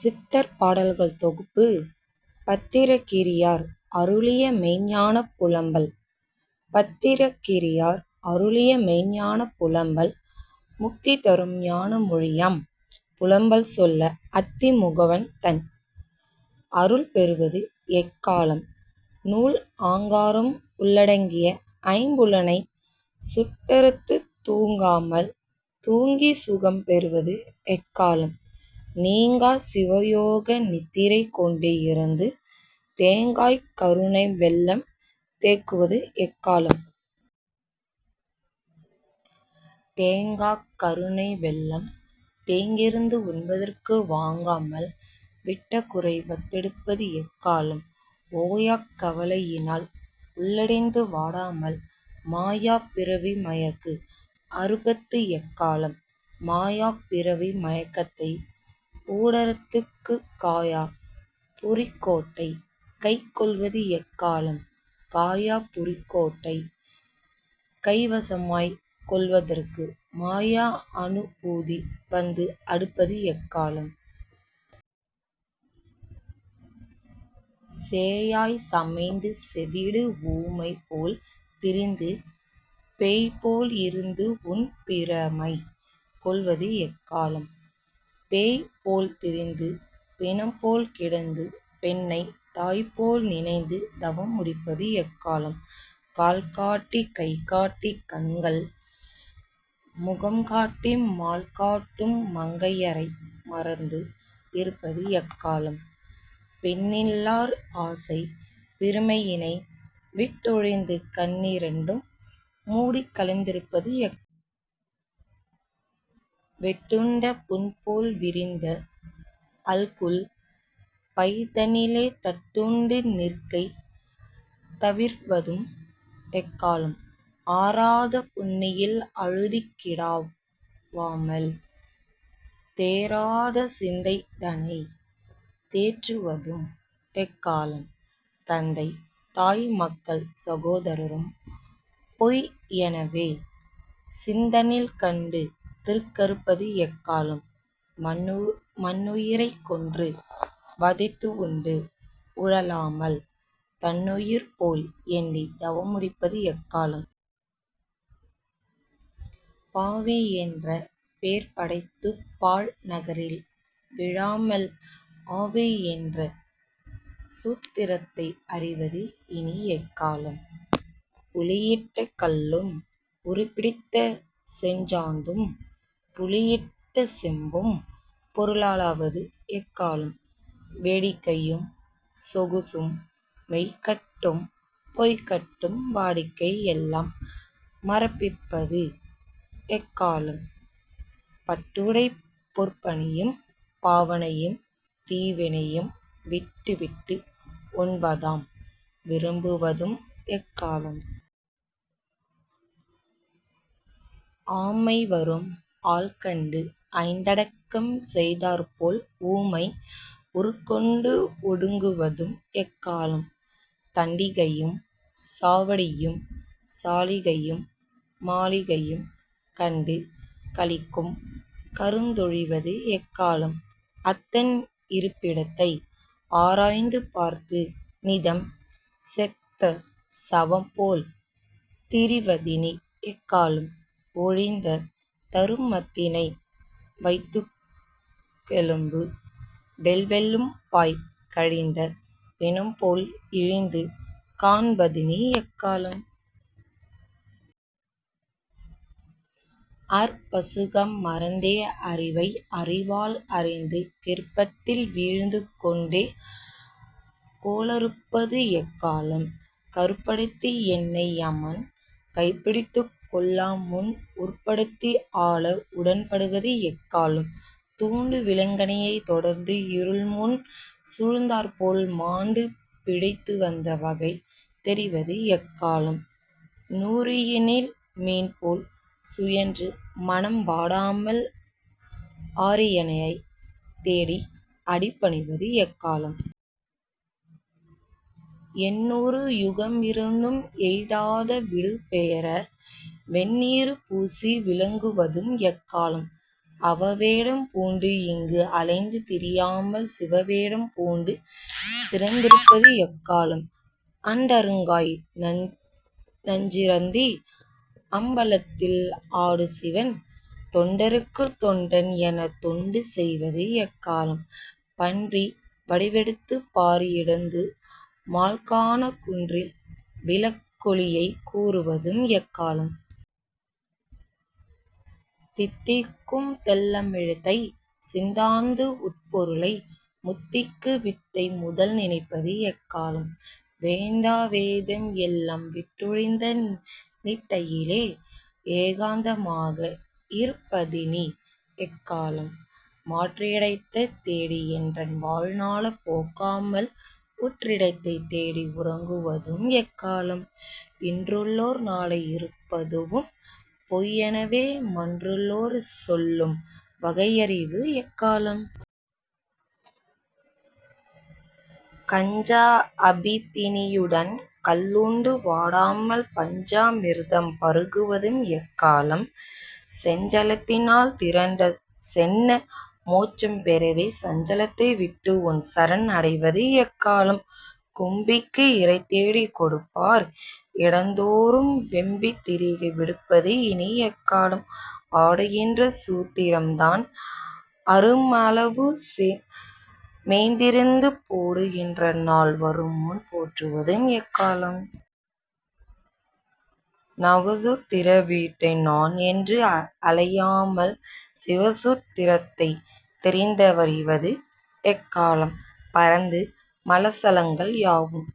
சித்தர் பாடல்கள் தொகுப்பு பத்திரகிரியார் அருளிய மெய்ஞ்ஞானப் புலம்பல் பத்திரகிரியார் அருளிய மெய்ஞ்ஞானப் புலம்பல் முக்திதரும் ஞான மொழியாம் புலம்பல் சொல்ல அத்தி முகவன்தன் அருள் பெருவது எக்காலம்? நூல் ஆங்காரம் உள்ளடக்கிய ஐம்புலனைச் சுட்டறுத்துத் தூங்காமல் தூங்கிச் சுகம் பெறுவது எக்காலம்? நீங்காச் சிவயோக நித்திரை கொண்டே இருந்து தேங்காக் கருணை வெள்ளம் தேக்குவதும் எக்காலம்? தேங்காக் கருணைவெள்ளம் தேக்கியிருந்து உண்பதற்கு வாங்காமல் விட்டகுறை வந்தெடுப்பது எக்காலம்? ஓயாக் கவலையினால் உள்ளுடைந்து வாடாமல் மாயாப் பிறவி மயக்கு அறுப்பது எக்காலம்? மாயாப் பிறவி மயக்கத்தை ஊடறுத்துக் காயா புரிக்கோட்டை கைக் கொள்வது எக்காலம்? காயா புரிக்கோட்டை கைவசமாய்க் கொள்வதற்கு மாயா அனுபூதி வந்துஅடுப்பது எக்காலம்? சேயாய்ச் சமைந்து செவிடு ஊமை போல் திரிந்து பேய்போல் இருந்து உன் பிரமை கொள்வது எக்காலம்? பேய் போல்திரிந்து பிணம்போல் கிடந்து பெண்ணைத் தாய்போல் நினைத்து தவம் முடிப்பது எக்காலம்? கால்காட்டிக் கைகாட்டிக் கண்கள் முகம்காட்டி மால்காட்டும் மங்கையரை மறந்து இருப்பது எக்காலம்? பெண்ணினல்லார் ஆசைப் பிரமையினை விட்டொழிந்து கண்ணிரண்டும் மூடிக் கலந்திருப்பது எக்காலம்? வெட்டுண்ட புண்போல் விரிந்த அல்குல் பைதனிலே தட்டுண்டு நிற்கை தவிர்வதுவும் எக்காலம்? ஆறாத புண்ணில் அழுந்திக் கிடவாமல் தேறாத சிந்தைதனைத் தேற்றுவதும் எக்காலம்? தந்தை தாய் மக்கள் சகோதரரும் பொய்யெனவே சிந்தைதனில் கண்டு திருக்கறுப்பது எக்காலம்? மன்னுயிரைக் கொன்று வதைத்து உண்டு உழலாமல் தன்னுயிர்போல் எண்ணித் தவம் முடிப்பது எக்காலம்? பாவி என்ற பேர்படைத்துப் பாழ்நரகில் வீழாமல் ஆவி என்ற சூத்திரத்தை அறிவது இனி எக்காலம்? உளியிட்ட கல்லும் உருப்பிடித்த செஞ்சாந்தும் புளியிட்ட செம்பும் பொருளாவது எக்காலம்? வேடிக்கையும் சொகுசும் மெய்ப்பகட்டும் பொய்ப்பகட்டும் வாடிக்கை எல்லாம் மறந்திருப்பது எக்காலம்? பட்டுடை பொற்பணியும் பாவனையும் தீவினையும் விட்டுவிட்டு உன்பாதம் விரும்புவதும் எக்காலம்? ஆமைவரும் ஆள்கண்டு ஐந்தடக்கம் செய்தாற்போல் ஊமை உருக்கொண்டு ஒடுங்குவதும் எக்காலம்? தண்டிகையும் சாவடியும் சாளிகையும் மாளிகையும் கண்டு களிக்கும் கருத்தொழிவது எக்காலம்? அத்தன் இருப்பிடத்தை ஆராய்ந்து பார்த்து நிதம் செத்த சவம்போல் திரிவதினி எக்காலம்? ஒழிந்த தருமத்தினை வைத்துள்ளெலும்பு வெள்ளெலும்பாய்க் கழிந்த பிணம்போல்இ ழிந்து காண்பதினி எக்காலம்? அற்பசுகம் மறந்தே அறிவை அறிவால் அறிந்து கெர்ப்பத்தில் வீழிந்து கொண்ட கோளறுப்பது எக்காலம்? கருப்படுத்தி என்னை யமன் கைப்பிடித்துக் கொள்ளாமுன் உருப்படுத்தி ஆள உடன்படுவது எக்காலம்? தூண்டு விளக்கணைய தொடர்ந்து இருள் முன் சூழ்ந்தாற்போல் மாண்டு பிழைத்துவந்த வகை தெரிவது எக்காலம்? தூரியினில் மீன்போல் சுழன்று மனம் வாடாமல் ஆரியனைத் தேடி அடிபணிவது எக்காலம்? எண்ணூறு யுகமிருந்தும் எய்தாத விடுபெற வெண்ணீறு பூசி விளங்குவதும் எக்காலம்? அவவேடம் பூண்டு இங்கு அலைந்து திரியாமல் சிவவேடம் பூண்டு சிறந்திருப்பது எக்காலம்? அண்டருக்காய் நஞ்சருந்தி அம்பலத்தில் ஆடுசிவன் தொண்டருக்குத் தொண்டன் எனத் தொண்டு செய்வது எக்காலம்? பன்றி வடிவெடுத்துப் பார் இடந்து மால்காணாக் குன்றில் விளக்கொளியைக் கூறுவதும் எக்காலம்? தித்திக்கும் தெள்ளமிழ்தை சித்தாந்தத்து உட்பொருளை முத்திக்கு வித்தை முதல் நினைப்பது எக்காலம்? வேதாந்தவேதம் எல்லாம் விட்டொழிந்தே நிட்டையிலே ஏகாந்தமாக இருப்பதினி எக்காலம்? மற்றிடத்தைத் தேடி என்றன் வாழ்நாளைப் போக்காமல் உற்றிடத்தைத் தேடி உறங்குவதும் எக்காலம்? இன்றுளோர் நாளை இருப்பதுவும் பொய்யெனவே மன்றுளோர் சொல்லும் வகையறிவது எக்காலம்? கஞ்சா அபினியுடன் கள்ளுண்டு வாடாமல் பஞ்சா மிர்தம் பருகுவதும் எக்காலம்? செஞ்சலத்தினால் திரண்ட சென்ன மோட்சம்பெறவே சஞ்சலத்தை விட்டு உன் சரண் அடைவது எக்காலம்? கும்பிக்கு இரைதேடிக் கொடுப்பார் இடம்தோறும் வெம்பித் திரிகை விடுப்பது இனி எக்காலம்? ஆடுகின்ற சூத்திரம் தான் அறுமளவுமேதிரிந்து போடுகின்ற நாள் வருமுன் போற்றுவதும் எக்காலம்? நவசூத் திர வீட்டை நான்என்று அலையாமல் சிவசூத் திரத்தைத் தெரிந்தறிவது எக்காலம்? பரந்து மலசலங்கள் பாயும்